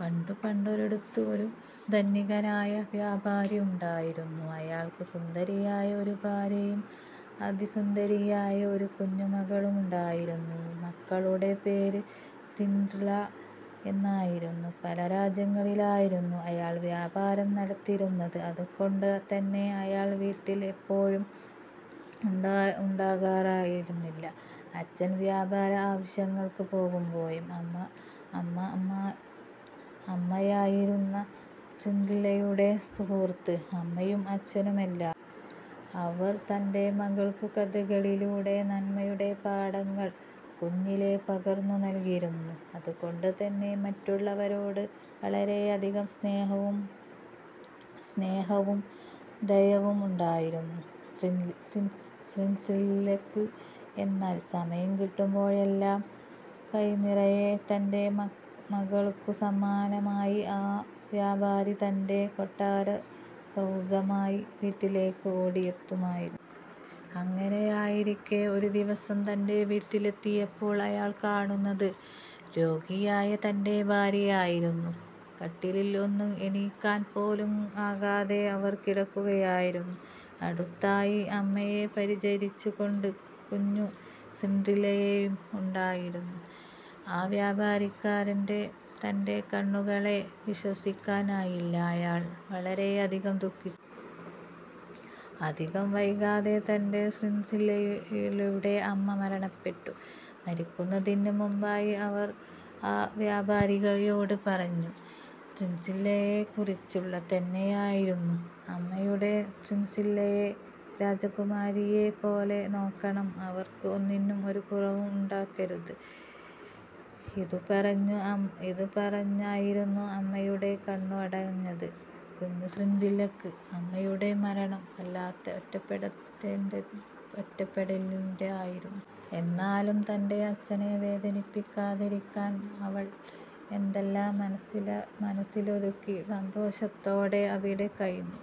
പണ്ടു പണ്ടൊരിടത്തു ഒരു ധനികനായ വ്യാപാരി ഉണ്ടായിരുന്നു. അയാൾക്ക് സുന്ദരിയായ ഒരു ഭാര്യയും അതി സുന്ദരിയായ ഒരു കുഞ്ഞു മകളും ഉണ്ടായിരുന്നു. മകളുടെ പേര് സിൻഡ്രല്ല എന്നായിരുന്നു. പല രാജ്യങ്ങളിലായിട്ടായിരുന്നു അയാൾ വ്യാപാരം നടത്തിയിരുന്നത്. അതുകൊണ്ടു തന്നെ അയാൾ വീട്ടിൽ എപ്പോഴും ഉണ്ടാകാറില്ലായിരുന്നു. അച്ഛൻ വ്യാപാര ആവശ്യങ്ങൾക്ക് പോകുമ്പോഴും അമ്മയായിരുന്നു സിൻഡ്രല്ലയുടെ സുഹൃത്തും അമ്മയും അച്ഛനും എല്ലാം. അവർ തന്റെ മകൾക്കു കഥകളിലൂടെ നന്മയുടെ പാഠങ്ങൾ കുഞ്ഞിലേ പകർന്നു നൽകിയിരുന്നു. അതുകൊണ്ടു തന്നെ മറ്റുള്ളവരോട് വളരെയധികം സ്നേഹവും ദയയും ഉണ്ടായിരുന്നു സിൻഡ്രല്ലയ്ക്ക്. എന്നാൽ സമയം കിട്ടുമ്പോഴെല്ലാം കൈ നിറയെ തന്റെ മകൾക്കു സമ്മാനവുമായി ആ വ്യാപാരി തന്റെ കൊട്ടാര സദൃശമായ വീട്ടിലേക്ക് ഓടി എത്തുമായിരുന്നു. അങ്ങനെയിരിക്കെ ഒരു ദിവസം തന്റെ വീട്ടിൽ എത്തിയപ്പോൾ അയാൾ കാണുന്നത് രോഗിയായ തന്റെ ഭാര്യയെ ആയിരുന്നു. കട്ടിലിൽ ഒന്ന് എണീറ്റിരിക്കാൻ പോലും ആകാതെ അവർ കിടക്കുകയായിരുന്നു. അടുത്തായി അമ്മയെ പരിചരിച്ചു കൊണ്ട് കുഞ്ഞു സിൻഡ്രല്ലയും ഉണ്ടായിരുന്നു. ആ വ്യാപാരിക്കു തന്റെ കണ്ണുകളെ വിശ്വസിക്കാൻ ആയില്ല. അയാൾ വളരെയധികം ദുഃഖിച്ചു. അധികം വൈകാതെ തന്നെ സിൻഡ്രല്ലയുടെ അമ്മ മരണമടഞ്ഞു. മരിക്കുന്നതിനു മുൻപായി അവർ ആ വ്യാപാരിയോട് പറഞ്ഞതും സിൻഡ്രല്ലയെക്കുറിച്ചു തന്നെയായിരുന്നു. "നമ്മുടെ സിൻഡ്രല്ലയെ രാജകുമാരിയെ പോലെ നോക്കണം. അവൾക്ക് ഒന്നിനും ഒരു കുറവും ഉണ്ടാക്കരുത്. " ഇതും പറഞ്ഞായിരുന്നു അമ്മയുടെ കണ്ണുകളടഞ്ഞത്. കുഞ്ഞു സിൻഡ്രല്ലക്ക് അമ്മയുടെ മരണം വല്ലാത്ത ഒറ്റപ്പെടലിന്റേത് ആയിരുന്നു. എന്നാലും തന്റെ അച്ഛനെ വേദനിപ്പിക്കാതിരിക്കാൻ അവൾ അതെല്ലാം മനസ്സിലൊതുക്കി സന്തോഷത്തോടെ അവിടെ കഴിഞ്ഞു.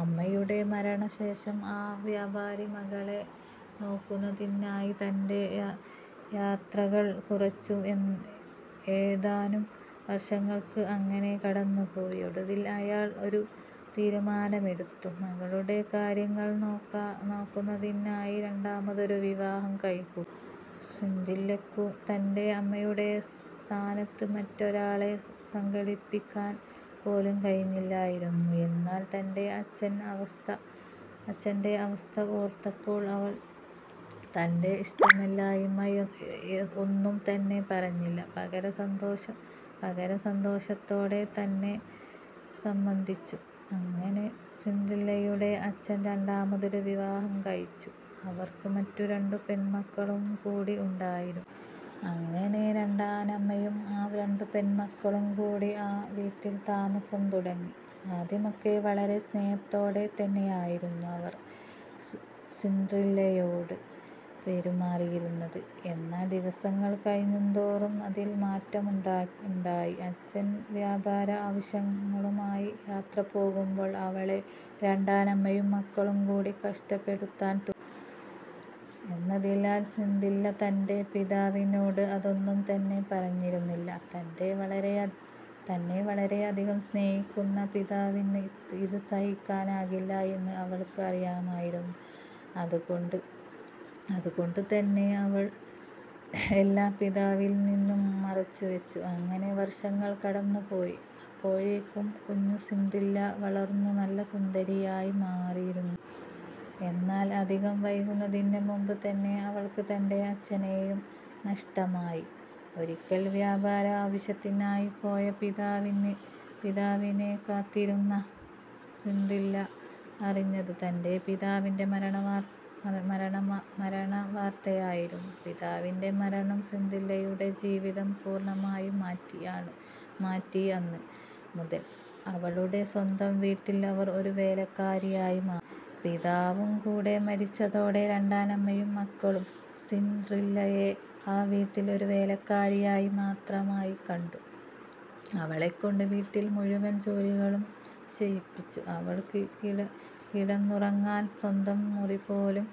അമ്മയുടെ മരണ ശേഷം ആ വ്യാപാരി മകളെ നോക്കുന്നതിനായി തന്റെ യാത്രകൾ കുറച്ചു. ഏതാനും വർഷങ്ങൾ അങ്ങനെ കടന്നു പോയി. ഒടുവിൽ അയാൾ ഒരു തീരുമാനം എടുത്തു. മകളുടെ കാര്യങ്ങൾ നോക്കുന്നതിനായി വീണ്ടുമൊരു വിവാഹം കഴിക്കുക. സിൻഡ്രല്ലയ്ക്കു തന്റെ അമ്മയുടെ സ്ഥാനത്ത് മറ്റൊരാളെ സങ്കല്പിക്കാൻ പോലും കഴിയില്ലായിരുന്നു. എന്നാൽ തന്റെ അച്ഛന്റെ അവസ്ഥ ഓർത്തപ്പോൾ അവൾ തന്റെ ഇഷ്ടമില്ലായ്മ ഒന്നും തന്നെ പറഞ്ഞില്ല. പകരം സന്തോഷത്തോടെ തന്നെ സമ്മതിച്ചു. അങ്ങനെ സിൻഡ്രല്ലയുടെ അച്ഛൻ രണ്ടാമതൊരു വിവാഹം കഴിച്ചു. അവർക്ക് മറ്റു രണ്ടു പെണ്മക്കൾ കൂടി ഉണ്ടായിരുന്നു. അങ്ങനെ രണ്ടാനമ്മയും ആ രണ്ടു പെൺമക്കളും കൂടി ആ വീട്ടിൽ താമസം തുടങ്ങി. ആദ്യമൊക്കെ വളരെ സ്നേഹത്തോടെ തന്നെയായിരുന്നു അവർ സിൻഡ്രല്ലയോട് പെരുമാറിയിരുന്നത്. എന്നാൽ ദിവസങ്ങൾ കഴിയുന്തോറും ഇതിൽ മാറ്റം ഉണ്ടായി. അച്ഛൻ വ്യാപാര ആവശ്യങ്ങളുമായി യാത്ര പോകുമ്പോൾ അവളെ രണ്ടാനമ്മയും മക്കളും കൂടി കഷ്ടപ്പെടുത്താൻ തുടങ്ങി. എന്നാൽ സിൻഡ്രല്ല തന്റെ പിതാവിനോട് അതൊന്നും തന്നെ പറഞ്ഞിരുന്നില്ല. തന്നെ വളരെയധികം സ്നേഹിക്കുന്ന പിതാവിന് ഇത് സഹിക്കാനാകില്ല എന്ന് അവൾക്ക് അറിയാമായിരുന്നു. അതുകൊണ്ടു തന്നെ അവൾ എല്ലാം പിതാവിൽ നിന്നും മറച്ചു വച്ചു. അങ്ങനെ വർഷങ്ങൾ കടന്നു പോയി. അപ്പോഴേക്കും കുഞ്ഞു സിൻഡ്രല്ല വളർന്ന് നല്ല സുന്ദരിയായി മാറിയിരുന്നു. എന്നാൽ അധികം വൈകുന്നതിന് മുൻപ് തന്നെ അവൾക്ക് തന്റെ അച്ഛനെയും നഷ്ടമായി. ഒരിക്കൽ വ്യാപാര ആവശ്യത്തിനായി പോയ പിതാവിനെ കാത്തിരുന്ന സിൻഡ്രല്ല അറിഞ്ഞത് തന്റെ പിതാവിന്റെ മരണ വാർത്തയായിരുന്നു. പിതാവിന്റെ മരണം സിൻഡ്രല്ലയുടെ ജീവിതം പൂർണമായും മാറ്റി. അന്ന് മുതൽ അവളുടെ സ്വന്തം വീട്ടിൽ അവൾ ഒരു വേലക്കാരിയായി മാറി. പിതാവും കൂടെ മരിച്ചതോടെ രണ്ടാനമ്മയും മക്കളും സിൻഡ്രല്ലയെ ആ വീട്ടിൽ ഒരു ജോലിക്കാരി മാത്രമായി കണ്ടു. അവളെ കൊണ്ട് വീട്ടിലെ മുഴുവൻ ജോലികളും ചെയ്യിച്ചു. അവൾക്ക് കിടന്നുറങ്ങാൻ സ്വന്തം മുറി പോലും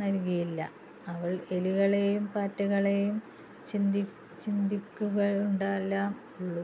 നൽകിയില്ല. അവൾ എലികളും പാറ്റകളും ചിലന്തികളുമെല്ലാം ഉള്ള